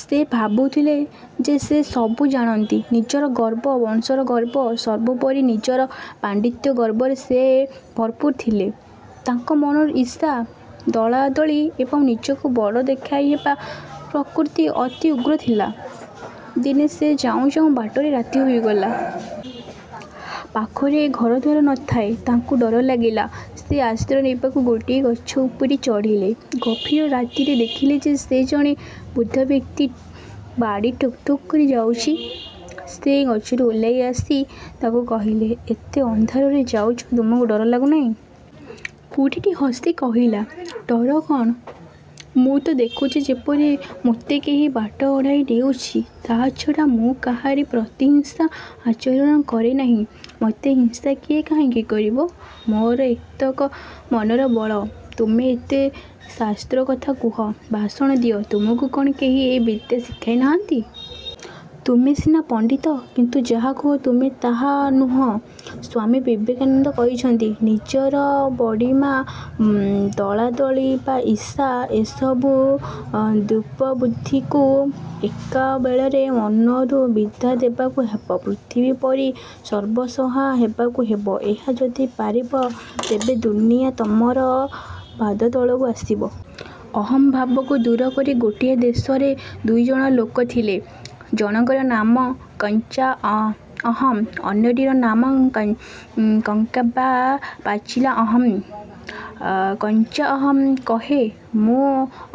ସେ ଭାବୁଥିଲେ ଯେ ସେ ସବୁ ଜାଣନ୍ତି। ନିଜର ଗର୍ବ, ବଂଶର ଗର୍ବ, ସର୍ବୋପରି ନିଜର ପାଣ୍ଡିତ୍ୟ-ଗର୍ବରେ ସେ ଭରପୂର ଥିଲେ। ତାଙ୍କ ମନରେ ଈର୍ଷା, ଦଳାଦଳି ଏବଂ ନିଜକୁ ବଡ଼ ଦେଖାଇ ହେବା ପ୍ରବୃତ୍ତି ଅତି ଉଗ୍ର ଥିଲା। ଦିନେ ସେ ଯାଉଁ ଯାଉଁ ବାଟରେ ରାତି ହୋଇଗଲା। ପାଖରେ ଘରଦ୍ୱାର ନ ଥାଏ। ତାଙ୍କୁ ଡର ଲାଗିଲା। ସେ ଆଶ୍ରୟ ନେବାକୁ ଗୋଟିଏ ଗଛ ଉପରେ ଚଢ଼ିଲେ। ଗଭୀର ରାତିରେ ଦେଖିଲେ ଯେ ଜଣେ ବୃଦ୍ଧ ବ୍ୟକ୍ତି ବାଡ଼ି ଠୁକୁ ଠୁକୁ କରି ଯାଉଛି। ସେ ଗଛରୁ ଓହ୍ଲାଇ ଆସି ତାକୁ କହିଲେ—''ଏତେ ଅନ୍ଧାରରେ ଯାଉଛ, ତୁମକୁ ଡର ଲାଗୁ ନାହିଁ? '' ବୁଢ଼ାଟି ହସି କହିଲା—''ଡର କଣ-? ମୁଁ ତ ଦେଖୁଛି ଯେପରି ମୋତେ କେହି ବାଟ କଢ଼ାଇ ନେଉଛି। ତା'ଛଡ଼ା ମୁଁ କାହାରି ପ୍ରତି ହିଂସା ଆଚରଣ କରିନାହିଁ, ମୋତେ ହିଂସା କିଏ କାହିଁକି କରିବ? ମୋର ଏତକ ମନର ବଳ। ତୁମେ ଏତେ ଶାସ୍ତ୍ର କଥା କୁହ, ଭାଷଣ ଦିଅ, ତମକୁ କଣ କେହି ଏ ବିଦ୍ୟା ଶିଖାଇ ନାହାନ୍ତି? ତୁମେ ସିନା ପଣ୍ଡିତ କିନ୍ତୁ ଯାହା କୁହ ତୁମେ ତାହା ନୁହଁ। '' ସ୍ୱାମୀ ବିବେକାନନ୍ଦ କହିଛନ୍ତି—ନିଜର ବଡ଼ିମା, ଦଳାଦଳି ବା ଈର୍ଷା—ଏସବୁ ଦୁଷ୍ପ୍ରବୃତ୍ତିକୁ ଏକାବେଳକେ ମନରୁ ବିଦାୟ ଦେବାକୁ ହେବ। ପୃଥିବୀ ପରି ସର୍ବଂସହା ହେବାକୁ ହେବ। ଏହା ଯଦି ପାରିବ ତେବେ ଦୁନିଆ ତମର ପାଦତଳକୁ ଆସିବ। ଅହଂଭାବକୁ ଦୂର କର ଗୋଟିଏ ଦେଶରେ ଦୁଇଜଣ ଲୋକ ଥିଲେ। ଜଣକର ନାମ କଞ୍ଚା ଅହଂ, ଅନ୍ୟଟିର ନାମ ପକ୍କା ବା ପାଚିଲା ଅହଂ। କଞ୍ଚା ଅହଂ କହେ, ''ମୁଁ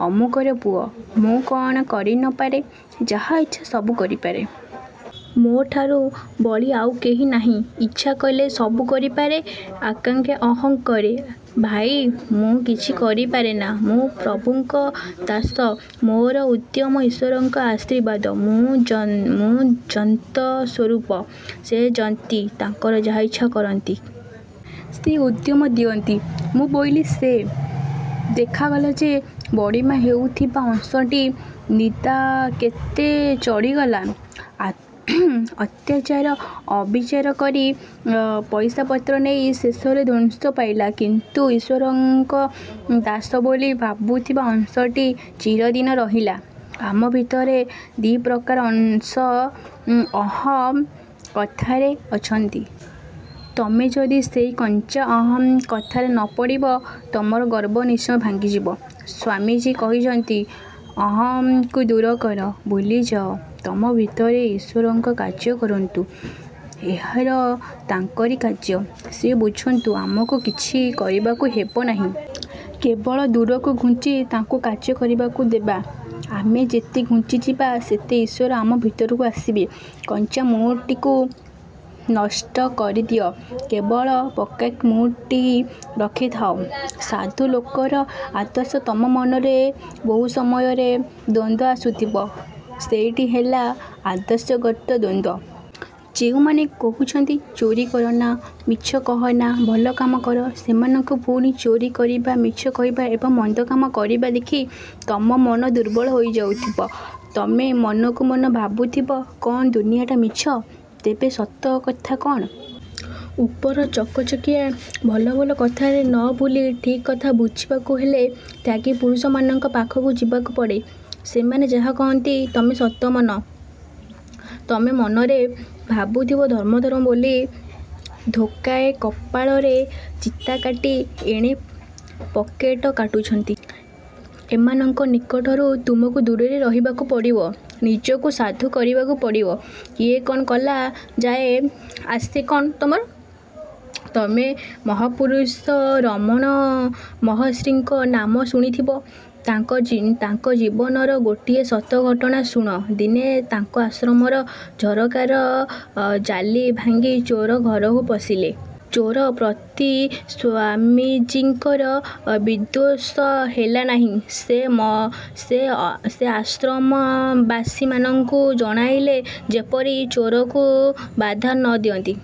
ଅମୁକର ପୁଅ। ମୁଁ କଣ କରି ନ ପାରେ-? ଯାହା ଇଚ୍ଛା ସବୁ କରିପାରେ। ମୋ'ଠାରୁ ବଳି ଆଉ କେହି ନାହିଁ। ଇଚ୍ଛା କଲେ। ସବୁ କରିପାରେ। '' ପକ୍କା ଅହଂ କହେ, ''ଭାଇ, ମୁଁ କିଛି କରିପାରେନା। ମୁଁ ପ୍ରଭୁଙ୍କ ଦାସ। ମୋର ଉଦ୍ୟମ, ଈଶ୍ୱରଙ୍କ ଆଶୀର୍ବାଦ। ମୁଁ ଯନ୍ତ୍ର ସ୍ୱରୂପ, ସେ ଯନ୍ତ୍ରୀ। ତାଙ୍କର ଯାହା ଇଚ୍ଛା କରାନ୍ତି। ସେ ଉଦ୍ୟମ ଦିଅନ୍ତି। ମୁଁ ବୋଇଲେ ସେ। '' ଦେଖାଗଲା ଯେ ବଡ଼ିମା ଦେଖାଉଥିବା ଅହଂଟି ଦିନାକେତେ ବଢ଼ିଗଲା। ଅତ୍ୟାଚାର ଅବିଚାର କରି ପଇସାପତ୍ର ନେଇ ଶେଷରେ ଧ୍ୱଂସ ପାଇଲା, କିନ୍ତୁ ଈଶ୍ୱରଙ୍କ ଦାସ ବୋଲି ଭାବୁଥିବା ଅହଂଟି ଚିରଦିନ ରହିଲା। ଆମ ଭିତରେ ଦି ପ୍ରକାର ଅହଂ କଥାରେ ଅଛନ୍ତି। ତମେ ଯଦି ସେଇ କଞ୍ଚା ଅହଂ କଥାରେ ନ ପଡ଼ିବ ତମର ଗର୍ବ ନିଶ୍ଚୟ ଭାଙ୍ଗିଯିବ। ସ୍ୱାମୀଜୀ କହିଛନ୍ତି—ଅହଂକୁ ଦୂର କର, ଭୁଲିଯାଅ। ତମ ଭିତରେ ଈଶ୍ୱର କାର୍ଯ୍ୟ କରନ୍ତୁ-। ଏହା ତ ତାଙ୍କରି କାର୍ଯ୍ୟ, ସେ ବୁଝନ୍ତୁ। ଆମକୁ କିଛି କରିବାକୁ ହେବ ନାହିଁ। କେବଳ ଦୂରକୁ ଘୁଞ୍ଚି ତାଙ୍କୁ କାର୍ଯ୍ୟ କରିବାକୁ ଦେବା। ଆମେ ଯେତେ ଘୁଞ୍ଚିଯିବା ସେତେ ଈଶ୍ୱର ଆମ ଭିତରକୁ ଆସିବେ-। କଞ୍ଚା 'ମୁଁ'ଟିକୁ ନଷ୍ଟ କରିଦିଅ। କେବଳ ପକ୍କା 'ମୁଁ'ଟି ରହିଯାଉ। ସାଧୁ ଲୋକର ଆଦର୍ଶ ତମ ମନରେ ବହୁ ସମୟରେ ଦ୍ୱନ୍ଦ୍ୱ ଆସୁଥିବ। ସେଇଟି ହେଲା ଆଦର୍ଶଗତ ଦ୍ୱନ୍ଦ୍ୱ। ଯେଉଁମାନେ କହୁଛନ୍ତି ଚୋରି କରନା, ମିଛ କହନା, ଭଲ କାମ କର, ସେମାନଙ୍କୁ ପୁଣି ଚୋରି କରିବା, ମିଛ କହିବା ଏବଂ ମନ୍ଦ କାମ କରିବା ଦେଖି ତମ ମନ ଦୁର୍ବଳ ହୋଇଯାଉଥିବ। ତମେ ମନକୁ ମନ ଭାବୁଥିବ—କ'ଣ ଦୁନିଆଟା ମିଛ। ତେବେ ସତକଥାଟା କଣ? ଉପର ଚକ ଚକିଆ, ଭଲ ଭଲ କଥାରେ ନ ଭୁଲି ଠିକ୍ କଥା ବୁଝିବାକୁ ହେଲେ ତ୍ୟାଗୀ ପୁରୁଷମାନଙ୍କ ପାଖକୁ ଯିବାକୁ ପଡ଼େ। ସେମାନେ ଯାହା କହନ୍ତି ତମେ ସତ ମଣ। ତମେ ମନରେ ଭାବୁଥିବ ଧର୍ମ ଧର୍ମ ବୋଲି ଥୋକାଏ କପାଳରେ ଚିତା କାଟି ଏଣେ ପକେଟ କାଟୁଛନ୍ତି। ଏମାନଙ୍କ ନିକଟରୁ ତମକୁ ଦୂରରେ ରହିବାକୁ ପଡ଼ିବ। ନିଜକୁ ସାଧୁ କରିବାକୁ ପଡ଼ିବ। କିଏ କଣ କଲା ଯାଏ ଆସେ କଣ ତମର? ତମେ ମହାପୁରୁଷ ରମଣ ମହର୍ଷିଙ୍କ ନାମ ଶୁଣିଥିବ। ତାଙ୍କ ଜୀବନର ଗୋଟିଏ ସତ ଘଟଣା ଶୁଣ। ଦିନେ ତାଙ୍କ ଆଶ୍ରମର ଝରକାର ଜାଲି ଭାଙ୍ଗି ଚୋର ଘରକୁ ପଶିଲେ। ଚୋର ପ୍ରତି ସ୍ୱାମୀଜୀଙ୍କର ବିଦ୍ୱେଷ ହେଲା ନାହିଁ। ସେ ଆଶ୍ରମବାସୀମାନଙ୍କୁ ଜଣାଇଲେ ଯେପରି ଚୋରକୁ ବାଧା ନ ଦିଅନ୍ତି।